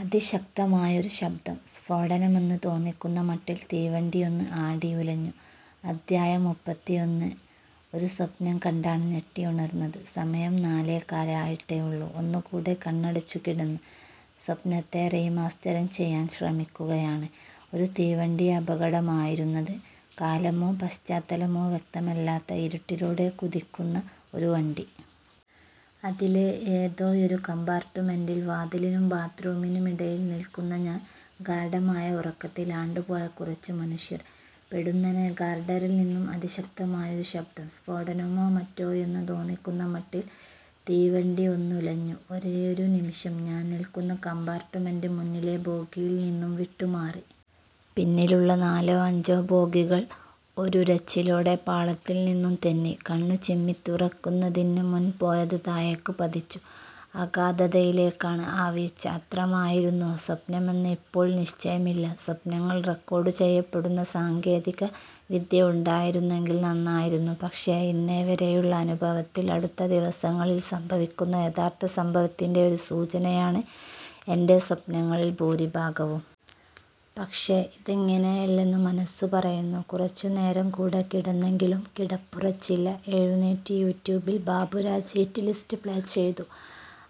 'അതിശക്തമായൊരു ശബ്ദം; സ്ഫോടനമെന്ന് തോന്നിക്കുന്ന മട്ടിൽ തീവണ്ടിയൊന്ന് ആടിയുലഞ്ഞു... ' അധ്യായം: മുപ്പത്തിയൊന്ന് ഒരു സ്വപ്നം കണ്ടാണ് ഞെട്ടിയുണർന്നത്. സമയം നാലേകാല് ആയിട്ടേയുള്ളൂ. ഒന്നുകൂടെ കണ്ണടച്ചുകിടന്ന്, സ്വപ്നത്തെ റീ മാസ്റ്ററിംഗ് ചെയ്യാൻ ശ്രമിക്കുകയാണ്. ഒരു തീവണ്ടിയപകടമായിരുന്നത്. കാലമോ പശ്ചത്തലമോ വ്യക്തമല്ലാത്ത, ഇരൂട്ടിലൂടെ കൂതിക്കുന്ന ഒരു വണ്ടി. അതിലെ ഏതോയൊരു കംപാർട്ടുമെന്റിൽ, വാതിലിനും ബാത്ത് റൂമിനുമിടയിൽ നിൽക്കുന്ന ഞാൻ. ഗാഢമായ ഉറക്കത്തിൽ ആണ്ടുപോയ കുറച്ചു മനുഷ്യർ. പൊടുന്നനെ ഗർഡറിൽ നിന്നും അതിശക്തമായൊരു ശബ്ദം. സ്ഫോടനമോ മറ്റോ എന്നു തോന്നിക്കുന്ന മട്ടിൽ തീവണ്ടിയൊന്നുലഞ്ഞു. ഒരേയൊരു നിമിഷം! ഞാൻ നിൽക്കുന്ന കംപാർട്ടുമെന്റ് മുന്നിലെ ബോഗിയിൽ നിന്നും വിട്ടുമാറി! പിന്നിലുള്ള നാലോ അഞ്ചോ ബോഗികൾ ഒരുരച്ചിലോടെ പാളത്തിൽ നിന്നും തെന്നി. കണ്ണു ചിമ്മിത്തുറക്കുന്നതിനു മുൻപേയത് താഴേക്ക് പതിച്ചു. അഗാധതയിലേക്കാണ് ആ വീഴ്ച. അത്രയുമായിരുന്നോ സ്വപ്നമെന്ന് ഇപ്പോൾ നിശ്ചയമില്ല. സ്വപ്നങ്ങൾ റെക്കോർഡുചെയ്യപ്പെടുന്ന സാങ്കേതിവിദ്യ ഉണ്ടായിരുന്നെങ്കിൽ നന്നായിരുന്നു. പക്ഷേ, ഇന്നുവരേയുള്ള അനുഭവത്തിൽ അടുത്ത ദിവസങ്ങളിൽ സംഭവിക്കുന്ന യഥാർത്ഥ സംഭവത്തിന്റെ ഒരു സൂചനയാണ് എന്റെ സ്വപ്നങ്ങളിൽ ഭൂരിഭാഗവും. പക്ഷേ, ഇതങ്ങിനയല്ലെന്നു മനസു പറയുന്നു. കുറച്ചുനേരം കൂടെ കിടന്നെങ്കിലും കിടപ്പുറച്ചില്ല. എഴുന്നേറ്റ്, യൂടൂബിൽ ബാബുരാജ് ഹിറ്റ് ലിസ്റ്റ് പ്ലേ ചെയ്തു.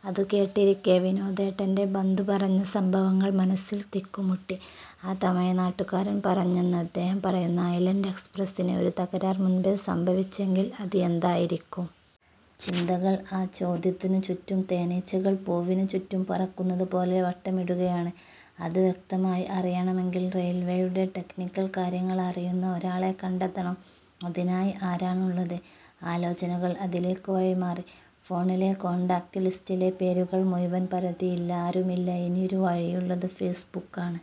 അതു കേട്ടിരിക്കെ, വിനോദേട്ടന്റെ, ബന്ധു പറഞ്ഞ സംഭവങ്ങൾ മനസിൽ തിക്കുമുട്ടി. ആ തമിഴ്നാട്ടുകാരൻ പറഞ്ഞെന്ന്, അദ്ദേഹം പറയുന്ന ഐലന്റ് എക്സപ്രസിന് ഒരു തകരാർ മുൻപെ സംഭവിച്ചെങ്കിൽ അത് എന്തായിരിക്കും? ചിന്തകൾ ആ ചോദ്യത്തിനു ചുറ്റും തേനിച്ചകൾ പൂവിനു ചുറ്റും പറക്കുന്നതു പോലെ വട്ടമിടുകയാണ്. അത് വ്യക്തമായി അറിയണമെങ്കിൽ റെയിൽവേയുടെ ടെക്നിക്കൽ കാര്യങ്ങൾ അറിയുന്ന ഒരാളെ കണ്ടെത്തണം. അതിനായി ആരാണുള്ളത്? ആലോചനകൾ അതിലേക്ക് വഴിമാറി. ഫോണിലെ കോണ്ടാക്ട് ലിസ്റ്റിലെ പേരുകൾ മുഴവൻ പരതി. ഇല്ല ആരുമില്ല. ഇനിയൊരു വഴിയുള്ളത് ഫെയ്സ്ബുക്കാണ്.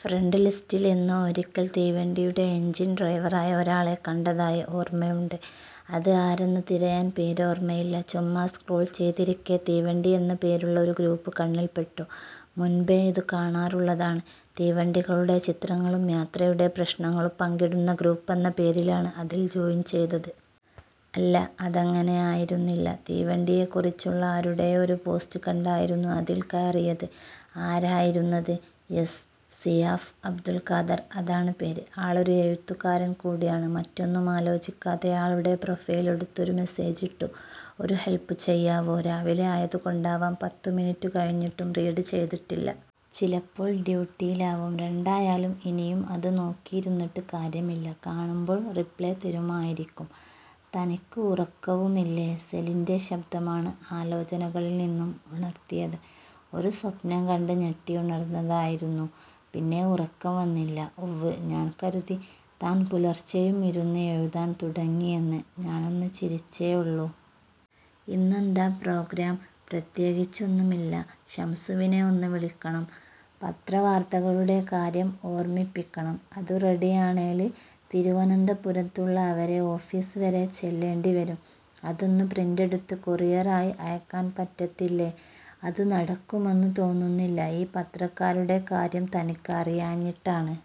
ഫ്രണ്ട് ലിസ്റ്റിൽ എന്നോ ഒരിക്കൽ തീവണ്ടിയുടെ എഞ്ചിൻ ഡ്രൈവറായ ഒരാളെ കണ്ടതായി ഓർമയുണ്ട്. അത് ആരെന്നു തിരയാൻ പേര് ഓർമയില്ല. ചുമ്മാ സ്ക്രോൾ ചെയ്തിരിക്കെ, തീവണ്ടി എന്നു പേരുള്ള ഒരു ഗ്രൂപ്പ് കണ്ണിൽപ്പെട്ടു. മുൻപെ ഇതു കാണാറുള്ളതാണ്. തീവണ്ടികളുടെ ചിത്രങ്ങളും യാത്രയുടെ പ്രശ്നങ്ങളും പങ്കിടുന്ന ഗ്രൂപ്പെന്ന പേരിലാണ് അതിൽ ജോയിൻ ചെയ്തത്. അല്ല, അതങ്ങനെ ആയിരുന്നില്ല. തീവണ്ടിയെക്കുറിച്ചുള്ള ആരുടെയോ ഒരു പോസ്റ്റ് കണ്ടായിരുന്നു അതിൽ കയറിയത്. ആരായിരുന്നത്? യെസ്, സിയാഫ് അബ്ദുൾ ഖാദർ. അതാണ് പേര്. ആളൊരു എഴുത്തുകാരൻ കൂടിയാണ്. മറ്റൊന്നും ആലോചിക്കാതെ ആളുടെ പ്രൊഫൈൽ എടുത്ത് ഒരു മെസേജ് ഇട്ടു. 'ഒരു ഹെൽപ് ചെയ്യാവോ? ' രാവിലെ ആയതുകൊണ്ടാവും പത്തുമിനുറ്റു കഴിഞിട്ടും റീഡ് ചെയ്തിട്ടില്ല. ചിലപ്പോൾ ഡ്യൂട്ടിയിലാവും. രണ്ടായാലും ഇനിയം അതു നോക്കിയിരുന്നിട്ട് കാര്യമില്ല. കാണുമ്പോൾ റിപ്ലേ തരുമായിരിക്കും. "തനിക്ക് ഉറക്കവുമില്ലേ? " സെലിന്റെ ശബ്ദമാണ് ആലോചനകളിൽ നിന്നും ഉണർത്തിയത്. "ഒരു സ്വപ്നം കണ്ട് ഞെട്ടിയുണർന്നതായിരുന്നു. പിന്നെ ഉറക്കം വന്നില്ല" "ഉവ്വ്. ഞാൻ കരുതി താൻ പുലർച്ചയും ഇരുന്ന് എഴുതാൻ തുടങ്ങിയെന്ന്" ഞാനൊന്നു ചിരിച്ചേയുള്ളൂ. "ഇന്നെന്താ പ്രോഗ്രാം? " "പ്രത്യേകിച്ചൊന്നുമില്ല. ഷംസുവിനെ ഒന്നു വിളിക്കണം. പത്രവാർത്തകളുടെ കാര്യം ഓർമിപ്പിക്കണം. അതു റെഡിയാണേല് തിരുവനന്തപുരത്തുള്ള അവരെ ഓഫീസ് വരെ ചെല്ലേണ്ടി വരും. " "അതൊന്നു പ്രിന്റെടുത്ത് കൊറിയറായി അയക്കാൻ പറ്റത്തില്ലേ? " "അതു നടക്കുമെന്നു തോന്നുന്നില്ല. ഈ പത്രക്കാരുടെ കാര്യം തനിക്ക് അറിയാഞ്ഞിട്ടാണ്.